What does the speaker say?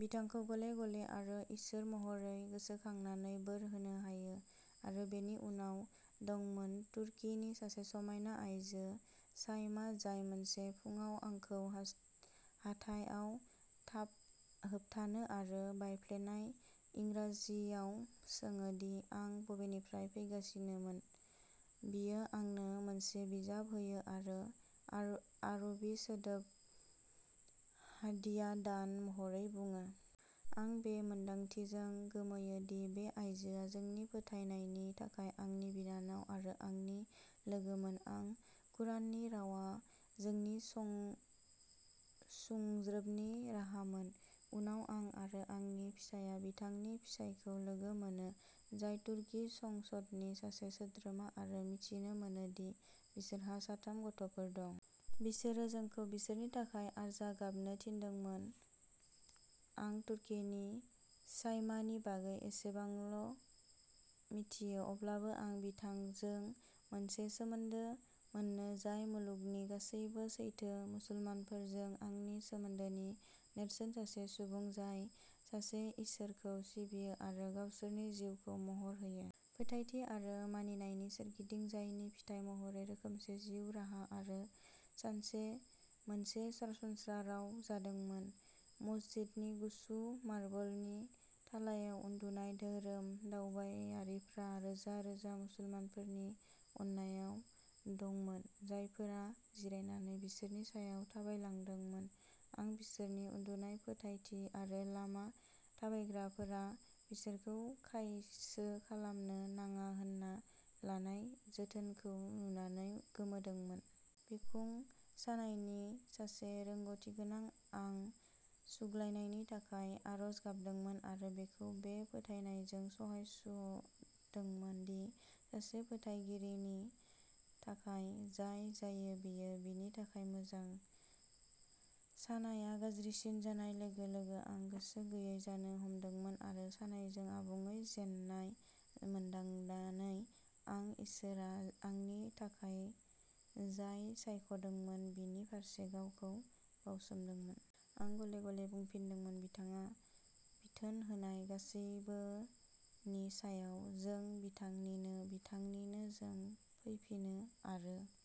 बिथांखौ गले-गले आरो इसोर महरै गोसोखांनानै बोर होनो हायो। आरो बेनि उनाव दंमोन तुर्कीनि सासे समायना आइजो शाइमा, जाय सानसे फुंआव आंखौ हास हाथाइआव थाब होबथायो आरो बायफ्लेनाय इंराजियाव सोङो दि आं बबेनिफ्राय फैगासिनो। बियो आंनो मोनसे बिजाब होयो आरो आर आरबि सोदोब हादिया दान महरै बुङो। आं बे मोन्दांथिजों गोमोयो दि बे आइजोआ जोंनि फोथायनायनि थाखाय आंनि बिनानाव आरो आंनि लोगोमोन आरो कुराननि रावा जोंनि सुं सुंज्रोबनि राहामोन। उनाव आं आरो आंनि फिसाया बिथांनि फिसायखौ लोगो मोनो, जाय तुर्की संसदनि सासे सोद्रोमा, आरो मिथिनो मोनो दि बिसोरहा साथाम गथ'फोर दं। बिसोरो जोंखौ बिसोरनि थाखाय आरज गाबनो थिनदोंमोन। आं तुर्कीनि शाइमानि बागै एसेबांल' मिथियो, अब्लाबो आं बिथांजों मोनसे सोमोन्दो मोनो जाय मुलुगनि गासैबो सैथो मुसलमानफोरजों आंनि सोमोन्दोनि नेरसोन-सासे सुबुं जाय सासे इसोरखौ सिबियो आरो गावसोरनि जिउखौ महर होयो। फोथायथि आरो मानिनायनि सोरगिदिं, जायनि फिथाय महरै रोखोमसे जिउ राहा आरो सानसे मोनसे सरासनस्रा राव जादोंमोन। मस्जिदनि गुसु मार्बलनि थालायाव उन्दुनाय धोरोम दावबायारिफ्रा रोजा रोजा मुसलमानफोरनि अननायाव दंमोन, जायफोरा जिरायनानै बिसोरनि सायाव थाबायलांदोंमोन। आं बिसोरनि उन्दुनाय फोथायथि आरो लामा थाबायग्राफोरा बिसोरखौ खायसो खालामनो नाङा होनना लानाय जोथोनखौ नुनानै गोमोदोंमोन। बिखुं सानायनि सासे रोंग'थिगोनां, आं सुग्लायनायनि थाखाय आरज गाबदोंमोन आरो बेखौ बे फोथायनायजों सहायस'दोंमोन दि सासे फोथायगिरिनि थाखाय जाय जायो बेयो बिनि थाखाय मोजां। सानायआ गाज्रिसिन जानाय लोगो-लोगो, आं गोसो गैयै जानो हमदोंमोन आरो सानायजों आबुङै जेननाय मोनदांनानै, आं इसोरआ आंनि थाखाय जाय सायख'दोंमोन बिनि फारसे गावखौ बाउसोमदोंमोन। आं गले-गले बुंफिनदोंमोन, बिथाङा बिथोन होनाय गासैबोनि सायाव। जों बिथांनिनो, बिथांनिनो जों फैफिनो, आरो